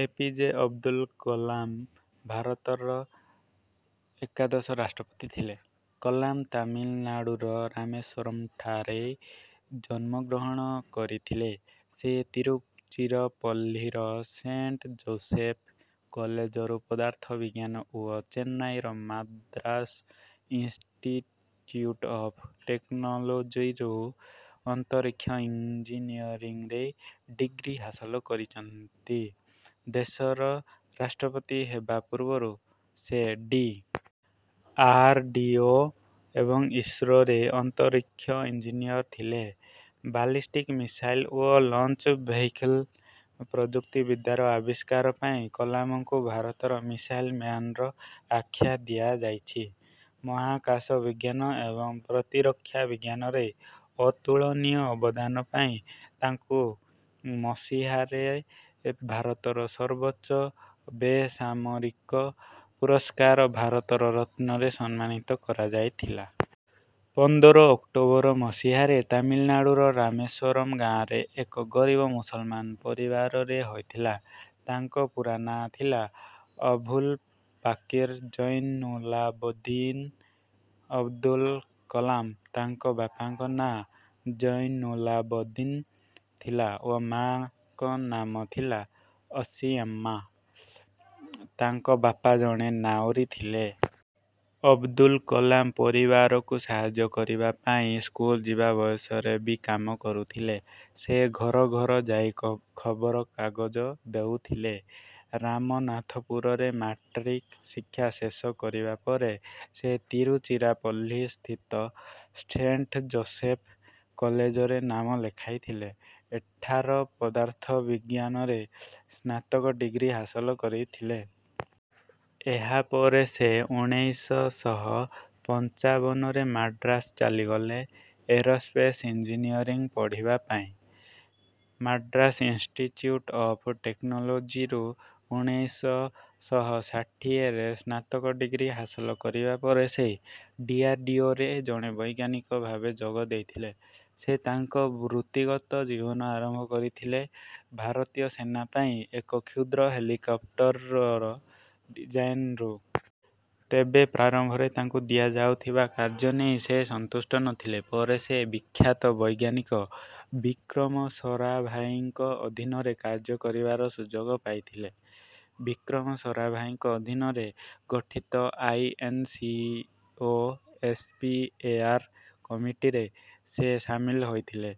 ଏ. P. J. Abdul Kalam ଭାରତର ଏକାଦଶ ରାଷ୍ଟ୍ରପତି ଥିଲେ। କଲାମ ତାମିଲନାଡୁର ରାମେଶ୍ୱରମ୍ଠାରେ ଜନ୍ମଗ୍ରହଣ କରିଥିଲେ। ସେ ତିରୁଚିରପଲ୍ଲୀର ସେଣ୍ଟ ଜୋସେଫ୍ କଲେଜରୁ ପଦାର୍ଥ ବିଜ୍ଞାନ ଓ ଚେନ୍ନାଇର ମାଦ୍ରାସ ଇନ୍ସଟିଚ୍ୟୁଟ୍ ଅଫ୍ ଟେକ୍ନୋଲୋଜିରୁ ଅନ୍ତରୀକ୍ଷ ଇଂଜିନିୟରିଂରେ ଡିଗ୍ରୀ ହାସଲ କରିଛନ୍ତି। ଦେଶର ରାଷ୍ଟ୍ରପତି ହେବା ପୂର୍ବରୁ ସେ ଡି. ଆର୍. ଡି. ଓ ଏବଂ ଇସ୍ରୋରେ ଅନ୍ତରୀକ୍ଷ ଇଂଜିନିୟର ଥିଲେ। ବାଲିଷ୍ଟିକ ମିଶାଇଲ୍ ଓ ଲଞ୍ଚ ଭେହିକିଲ୍ ପ୍ରଯୁକ୍ତିବିଦ୍ୟାର ଆବିଷ୍କାର ପାଇଁ କଲାମଙ୍କୁ ଭାରତର ମିଶାଇଲ୍ ମ୍ୟାନର ଆଖ୍ୟା ଦିଆଯାଇଛି। ମହାକାଶ ବିଜ୍ଞାନ ଏବଂ ପ୍ରତିରକ୍ଷା ବିଜ୍ଞାନରେ ଅତୁଳନୀୟ ଅବଦାନ ପାଇଁ ତାଙ୍କୁ ମସିହାରେ ଭାରତର ସର୍ବୋଚ ବେସାମରିକ ପୁରସ୍କାର ଭାରତ ରତ୍ନରେ ସମ୍ମାନିତ କରା ଯାଇଥିଲା। ପନ୍ଦର ଅକ୍ଟୋବର ମସିହାରେ ତାମିଲନାଡୁର ରାମେଶ୍ୱରମ ଗାଁରେ ଏକ ଗରିବ ମୁସଲମାନ ପରିବାରରେ ହୋଇଥିଲା। ତାଙ୍କ ପୂରା ନାଁ ଥିଲା ଅଭୁଲ ପାକିର ଜୈନୁଲାବଦ୍ଦୀନ ଅବଦୁଲ କଲାମ। ତାଙ୍କ ବାପାଙ୍କ ନାଁ ଜୈନୁଲାବଦ୍ଦୀନ ଥିଲା ଓ ମାଙ୍କ ନାମ ଥିଲା ଅସିଆମ୍ମା। ତାଙ୍କ ବାପା ଜଣେ ନାଉରୀ ଥିଲେ। ଅବଦୁଲ କଲାମ ପରିବାରକୁ ସାହାଯ୍ୟ କରିବା ପାଇଁ ସ୍କୁଲ୍ ଯିବା ବୟସରେ ବି କାମ କରୁଥିଲେ। ସେ ଘର ଘର ଯାଇ ଖବରକାଗଜ ଦେଉଥିଲେ। ରାମନାଥପୁରରେ ମାଟ୍ରିକ ଶିକ୍ଷା ଶେଷ କରିବା ପରେ ସେ ତିରୁଚିରାପଲ୍ଲୀ ସ୍ଥିତ ସେଣ୍ଟ ଯୋଶେଫ କଲେଜରେ ନାମ ଲେଖାଇଥିଲେ। ଏଠାର ପଦାର୍ଥ ବିଜ୍ଞାନରେ ସ୍ନାତକ ଡିଗ୍ରୀ ହାସଲ କରିଥିଲେ। ଏହାପରେ ସେ ଉଣେଇଶ ଶହ ପଞ୍ଚାବନରେ ମାଡ୍ରାସ ଚାଲିଗଲେ ଏରୋସ୍ପେସ୍ ଇଂଜିନିୟରିଂ ପଢ଼ିବା ପାଇଁ। ମାଡ୍ରାସ ଇନଷ୍ଟିଚ୍ୟୁଟ୍ ଅଫ୍ ଟେକ୍ନୋଲୋଜିରୁ ଉଣେଇଶ ଶହ ଷାଠିଏରେ ସ୍ନାତକ ଡିଗ୍ରୀ ହାସଲ କରିବା ପରେ ସେ ଡିଆରଡିଓରେ ଜଣେ ବୈଜ୍ଞାନିକ ଭାବେ ଯୋଗ ଦେଇଥିଲେ। ସେ ତାଙ୍କ ବୃତ୍ତିଗତ ଜୀବନ ଆରମ୍ଭ କରିଥିଲେ ଭାରତୀୟ ସେନା ପାଇଁ ଏକ କ୍ଷୁଦ୍ର ହେଲିକପ୍ଟରର ଡିଜାଇନରୁ। ତେବେ ପ୍ରାରମ୍ଭରେ ତାଙ୍କୁ ଦିଆଯାଉଥିବା କାର୍ଯ୍ୟ ନେଇ ସେ ସନ୍ତୁଷ୍ଟ ନଥିଲେ। ପରେ ସେ ବିଖ୍ୟାତ ବୈଜ୍ଞାନିକ ବିକ୍ରମ ସରାଭାଇଙ୍କ ଅଧୀନରେ କାର୍ଯ୍ୟ କରିବାର ସୁଯୋଗ ପାଇଥିଲେ। ବିକ୍ରମ ସରାଭାଇଙ୍କ ଅଧୀନରେ ଗଠିତ ଆଇଏନସିଓଏସପିଏଆର୍ କମିଟିରେ ସେ ସାମିଲ ହୋଇଥିଲେ।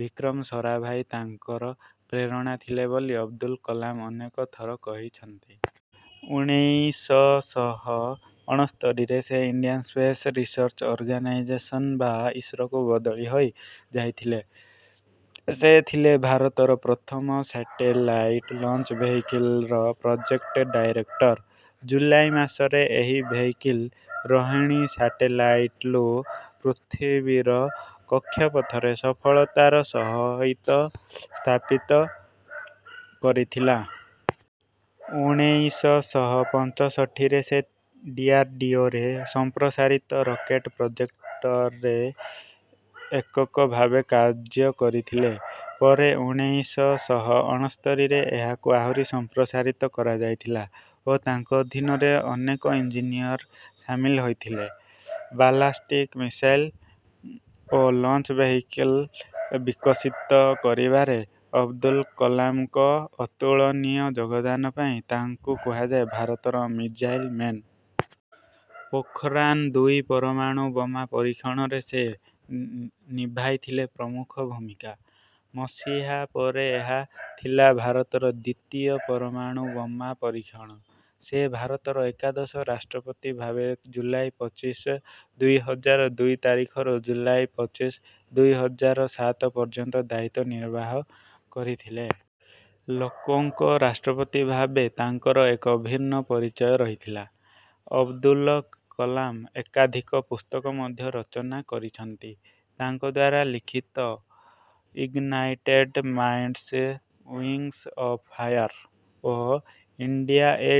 ବିକ୍ରମ ସରାଭାଇ ତାଙ୍କର ପ୍ରେରଣା ଥିଲେ ବୋଲି ଅବଦୁଲ କଲାମ ଅନେକ ଥର କହିଛନ୍ତି। ଉଣେଇଶ ଶହ ଅଣସ୍ତରୀରେ ସେ ଇଣ୍ଡିଆନ୍ ସ୍ପେସ୍ ରିସର୍ଚ୍ଚ ଅର୍ଗାନାଇଜେସନ୍ ବା ଇସ୍ରୋକୁ ବଦଳି ହୋଇ ଯାଇଥିଲେ। ସେ ଥିଲେ ଭାରତର ପ୍ରଥମ ସାଟେଲାଇଟ୍ ଲଞ୍ଚ୍ ଭେହିକିଲ୍ ର ପ୍ରୋଜେକ୍ଟ ଡାଇରେକ୍ଟର। ଜୁଲାଇ ମାସରେ ଏହି ଭେହିକିଲ୍ ରୋହିଣୀ ସାଟେଲାଇଟ୍କୁ ପୃଥିବୀର କକ୍ଷ ପଥରେ ସଫଳତାର ସହିତ ସ୍ଥାପିତ କରିଥିଲା। ଉଣେଇଶ ଶହ ପଞ୍ଚଷଠିରେ ସେ ଡିଆରଡିଓରେ ସଂପ୍ରସାରିତ ରକେଟ୍ ପ୍ରୋଜେକ୍ଟରେ ଏକକ ଭାବେ କାର୍ଯ୍ୟ କରିଥିଲେ। ପରେ ଉଣେଇଶ ଶହ ଅଣସ୍ତରୀରେ ଏହାକୁ ଆହୁରି ସଂପ୍ରସାରିତ କରାଯାଇଥିଲା ଓ ତାଙ୍କ ଅଧୀନରେ ଅନେକ ଇଂଜିନିୟର ସାମିଲ ହୋଇଥିଲେ। ବାଲାଷ୍ଟିକ୍ ମିଜାଇଲ୍ ଓ ଲଞ୍ଚ ଭେହିକିଲ୍ ବିକଶିତ କରିବାରେ ଅବଦୁଲ କଲାମଙ୍କ ଅତୁଳନୀୟ ଯୋଗଦାନ ପାଇଁ ତାଙ୍କୁ କୁହାଯାଏ ଭାରତର ମିଜାଇଲ୍ ମେନ୍। ପୋଖରାନ୍-ଦୁଇ ପରମାଣୁ ବୋମା ପରୀକ୍ଷଣରେ ସେ ନିଭାଇ ଥିଲେ ପ୍ରମୁଖ ଭୂମିକା। ମସିହା ପରେ ଏହା ଥିଲା ଭାରତର ଦ୍ୱିତୀୟ ପରମାଣୁ ବୋମା ପରୀକ୍ଷଣ। ସେ ଭାରତର ଏକାଦଶ ରାଷ୍ଟ୍ରପତି ଭାବେ ଜୁଲାଇ ପଚିଶ ଦୁଇ ହଜାର ଦୁଇ ତାରିଖରୁ ଜୁଲାଇ ପଚିଶ ଦୁଇ ହଜାର ସାତ ପର୍ଯ୍ୟନ୍ତ ଦାୟିତ୍ୱ ନିର୍ବାର୍ହ କରିଥିଲେ। ଲୋକଙ୍କ ରାଷ୍ଟ୍ରପତି ଭାବେ ତାଙ୍କର ଏଭ ଭିନ୍ନ ପରିଚୟ ରହିଥିଲା। ଅବଦୁଲ କଲାମ ଏକାଧିକ ପୁସ୍ତକ ମଧ୍ୟ ରଚନା କରିଛନ୍ତି। ତାଙ୍କଦ୍ୱାରା ଲିଖିତ ignited minds wings of fire ଓ India a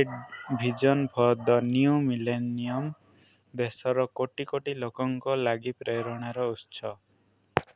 vision for the new millennium ଦେଶର କୋଟି କୋଟି ଲୋକଙ୍କ ଲାଗି ପ୍ରେରଣାର ଉତ୍ସ